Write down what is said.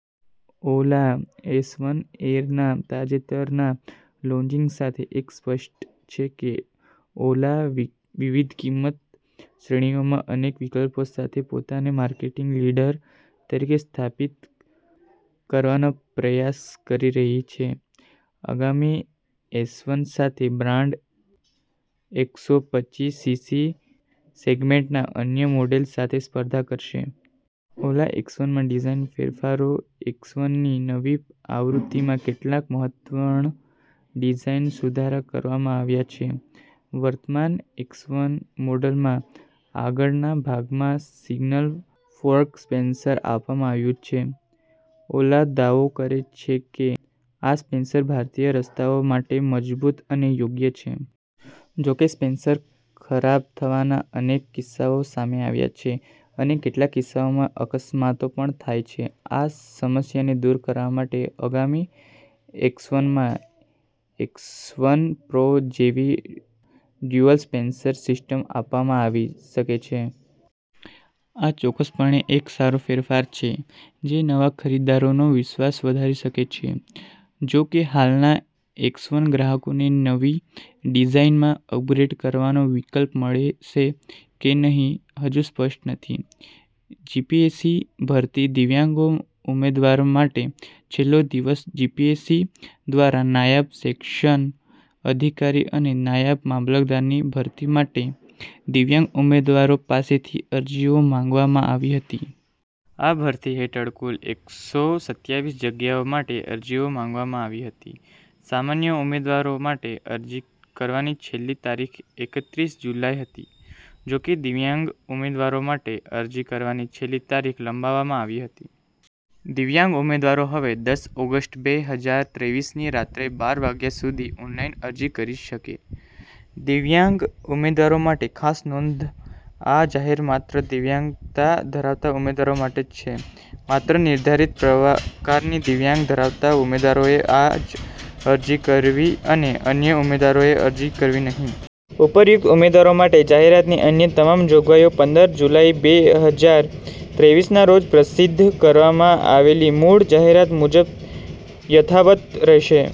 ઓલા S one એરના તાજેતરના launching સાથે, એ સ્પષ્ટ છે કે ઓલા વિવિધ કિંમત શ્રેણીઓમાં અનેક વિકલ્પો સાથે પોતાને માર્કેટ લીડર તરીકે સ્થાપિત કરવાનો પ્રયાસ કરી રહી છે. આગામી એસવન સાથે, બ્રાન્ડ એકસો પચ્ચીસ સીસી સેગમેન્ટના અન્ય મોડલ્સ સાથે સ્પર્ધા કરશે. ઓલા એસવનમાં ડિઝાઇન ફેરફારો એસવનની નવી આવૃત્તિમાં કેટલાક મહત્વપૂર્ણ ડિઝાઇન સુધારા કરવામાં આવ્યા છે. વર્તમાન એસવન મોડલ્સમાં આગળના ભાગમાં સિંગલ-ફોર્ક સસ્પેન્શન આપવામાં આવ્યું છે. ઓલા દાવો કરે છે કે આ સસ્પેન્શન ભારતીય રસ્તાઓ માટે મજબૂત અને યોગ્ય છે. જોકે, સસ્પેન્શન ખરાબ થવાના અનેક કિસ્સાઓ સામે આવ્યા છે અને કેટલાક કિસ્સાઓમાં અકસ્માતો પણ થયા છે. આ સમસ્યાને દૂર કરવા માટે આગામી એસવનમાં એસવન પ્રો જેવી ડ્યુઅલ સસ્પેન્શન સિસ્ટમ આપવામાં આવી શકે છે. આ ચોક્કસપણે એક સારો ફેરફાર છે, જે નવા ખરીદદારોનો વિશ્વાસ વધારી શકે છે. જોકે, હાલના એસવન ગ્રાહકોને નવી ડિઝાઇનમાં અપગ્રેડ કરવાનો વિકલ્પ મળશે કે નહીં તે હજુ સ્પષ્ટ નથી. જીપીએસસી ભરતી: દિવ્યાંગ ઉમેદવારો માટે છેલ્લો દિવસ જીપીએસસી દ્વારા નાયબ સેક્શન અધિકારી અને નાયબ મામલતદારની ભરતી માટે દિવ્યાંગ ઉમેદવારો પાસેથી અરજીઓ મંગાવવામાં આવી હતી. આ ભરતી હેઠળ કુલ એકસો સત્તાવીસ જગ્યાઓ માટે અરજીઓ મંગાવવામાં આવી હતી. સામાન્ય ઉમેદવારો માટે અરજી કરવાની છેલ્લી તારીખ એકત્રીસ જુલાઈ હતી. જોકે, દિવ્યાંગ ઉમેદવારો માટે અરજી કરવાની છેલ્લી તારીખ લંબાવવામાં આવી હતી. દિવ્યાંગ ઉમેદવારો હવે દસ ઓગસ્ટ બે હજાર તેવીસની રાત્રે બાર વાગ્યા સુધી ઓનલાઈન અરજી કરી શકશે. દિવ્યાંગ ઉમેદવારો માટે ખાસ નોંધ આ જાહેરાત માત્ર દિવ્યાંગતા ધરાવતા ઉમેદવારો માટે છે. માત્ર નિર્ધારિત પ્રકારની દિવ્યાંગતા ધરાવતા ઉમેદવારોએ જ અરજી કરવી અને અન્ય ઉમેદવારોએ અરજી કરવી નહીં. ઉપર્યુક્ત ઉમેદવારો માટે જાહેરાતની અન્ય તમામ જોગવાઈઓ પંદર જુલાઈ બે હજાર તેવીસના રોજ પ્રસિદ્ધ કરવામાં આવેલી મૂળ જાહેરાત મુજબ યથાવત રહેશે.